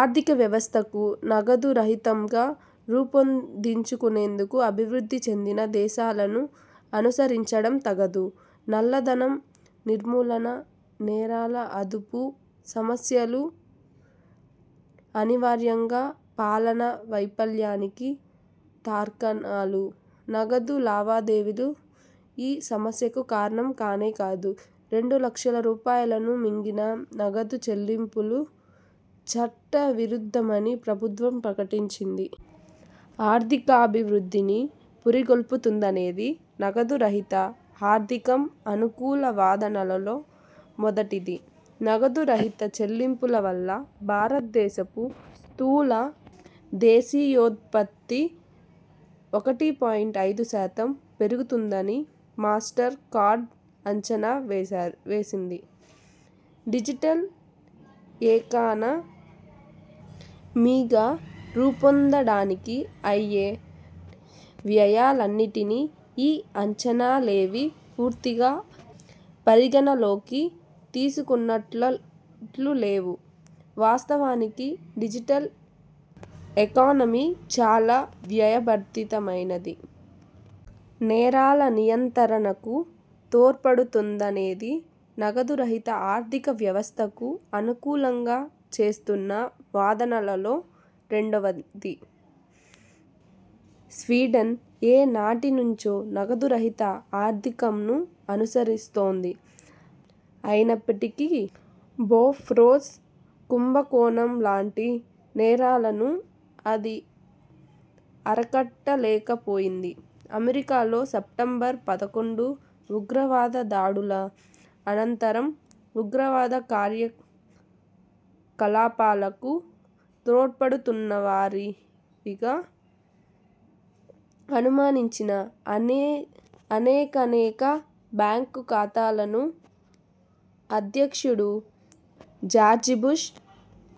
ఆర్థిక వ్యవస్థకు నగదురహితంగా రూపొందించుకొనేందుకు అభివృద్ధి చెందిన దేశాలను అనుసరించడం తగదు. నల్లధనం నిర్మూలన, నేరాల అదుపు సమస్యలు అనివార్యంగా పాలనా వైఫల్యానికి తార్కాణాలు. నగదు లావాదేవీలు ఈ సమస్యలకు కారణం కానే కాదు. రెండు లక్షల రూపాయలకు మించిన నగదు చెల్లింపులు చట్ట విరుద్ధమని ప్రభుత్వం ప్రకటించింది. ఆర్థికాభివృద్ధిని పురిగొల్పుతుందనేది నగదురహిత ఆర్థికం అనుకూల వాదనలలో మొదటిది. నగదురహిత చెల్లింపుల వల్ల భారతదేశపు స్థూల దేశియోత్పత్తి ఒకటి పాయింట్ ఐదు శాతం పెరుగుతుందని మాస్టర్ కార్డ్ అంచనా వేసా వేసింది. డిజిటల్ ఎకాన మీగా రూపొందడానికి అయ్యే వ్యయాలన్నిటినీ ఈ అంచనాలేవీ పూర్తిగా పరిగణనలోకి తీసుకున్నట్టులేవు. వాస్తవానికి డిజిటల్ ఎకానమీ చాలా వ్యయభరితమైనది. నేరాల నియంత్రణకు తోడ్పడుతుందనేది నగదురహిత ఆర్థిక వ్యవస్థకు అనుకూలంగా చేస్తున్న వాదనలలో రెండవది. స్వీడన్ ఏ నాటినుంచో నగదురహిత ఆర్థికంను అనుసరిస్తోంది. అయినప్పటికీ బోఫ్రొర్స్ కుంభకోణంలాంటి నేరాలను అది అరికట్ట లేకపోయింది. అమెరికాలో సెప్టెంబర్ పదకొండు ఉగ్రవాద దాడుల అనంతరం ఉగ్రవాద కార్యకలాపాలకు తోడ్పడుతున్నవారివిగా అనుమానించిన అనేకానేక బ్యాంకు ఖాతాలను అధ్యక్షుడు జార్జిబుష్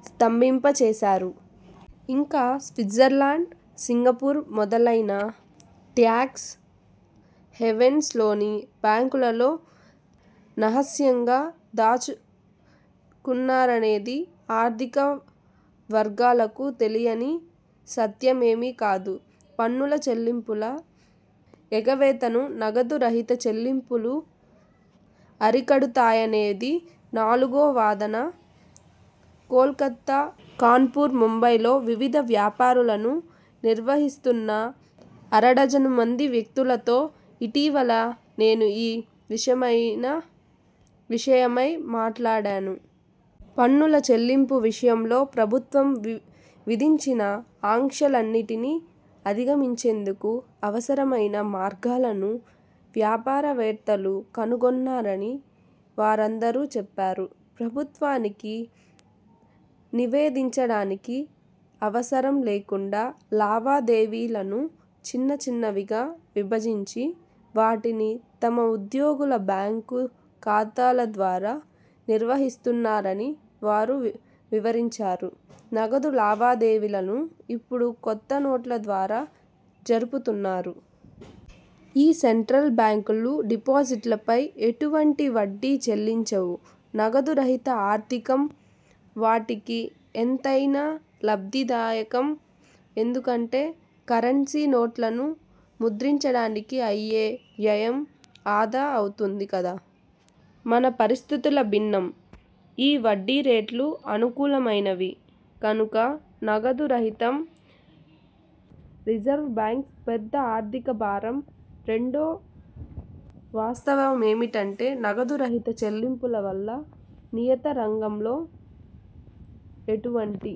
స్తంభింపచేశారు. ఇంకా స్విట్జర్లాండ్, సింగపూర్ మొదలైన ట్యాక్స్ హేవెన్స్ లోని బ్యాంకులలో నహస్యంగా దాచుకున్నారనేది అధికారవర్గాలకు తెలియని సత్యమేమీ కాదు. పన్నుల చెల్లింపుల ఎగవేతను నగదు రహిత చెల్లింపులు అరికడతాయనేది నాలుగో వాదన. కోల్కతా, కాన్పూర్, ముంబైలో వివిధ వ్యాపారాలను నిర్వహిస్తున్న అరడజను మంది వ్యక్తులతో ఇటీవల నేనుఈ విషమైన ఈ విషయమై మాట్లాడాను. పన్నుల చెల్లింపు విషయంలో ప్రభుత్వం విధించిన ఆంక్షలన్నిటినీ అధిగమించేందుకు అవసరమైన మార్గాలను వ్యాపారవేత్తలు కను గొన్నారని వారందరూ చెప్పారు. ప్రభుత్వానికి నివేదించడానికి అవసరం లేకుండా లావాదేవీలను చిన్నచిన్నవిగా విభజించి, వాటిని తమ ఉద్యోగుల బ్యాంకు ఖాతాల ద్వారా నిర్వహిస్తున్నారని వారు వివరించారు. నగదు లావాదేవీలను ఇప్పుడు కొత్త నోట్ల ద్వారా జరుపుతున్నారు. ఈ సెంట్రల్ బ్యాంకులు డిపాజిట్లపై ఎటువంటి వడ్డీ చెల్లించవు. నగదురహిత ఆర్థికం వాటికి ఎంతైనా లబ్ధిదాయకం. ఎందుకంటే కరెన్సీ నోట్లను ముద్రించడానికి అయ్యే వ్యయం ఆదా అవుతుంది కదా. మన పరిస్థితులు భిన్నం. ఈ వడ్డీరేట్లు అనుకూలమైనవి. కనుక నగదు రహితం రిజర్వ్ బ్యాంక్కు పెద్ద ఆర్థిక భారం. రెండో వాస్తవమేమిటంటే నగదురహిత చెల్లింపుల వల్ల నియత రంగంలో ఎటువంటి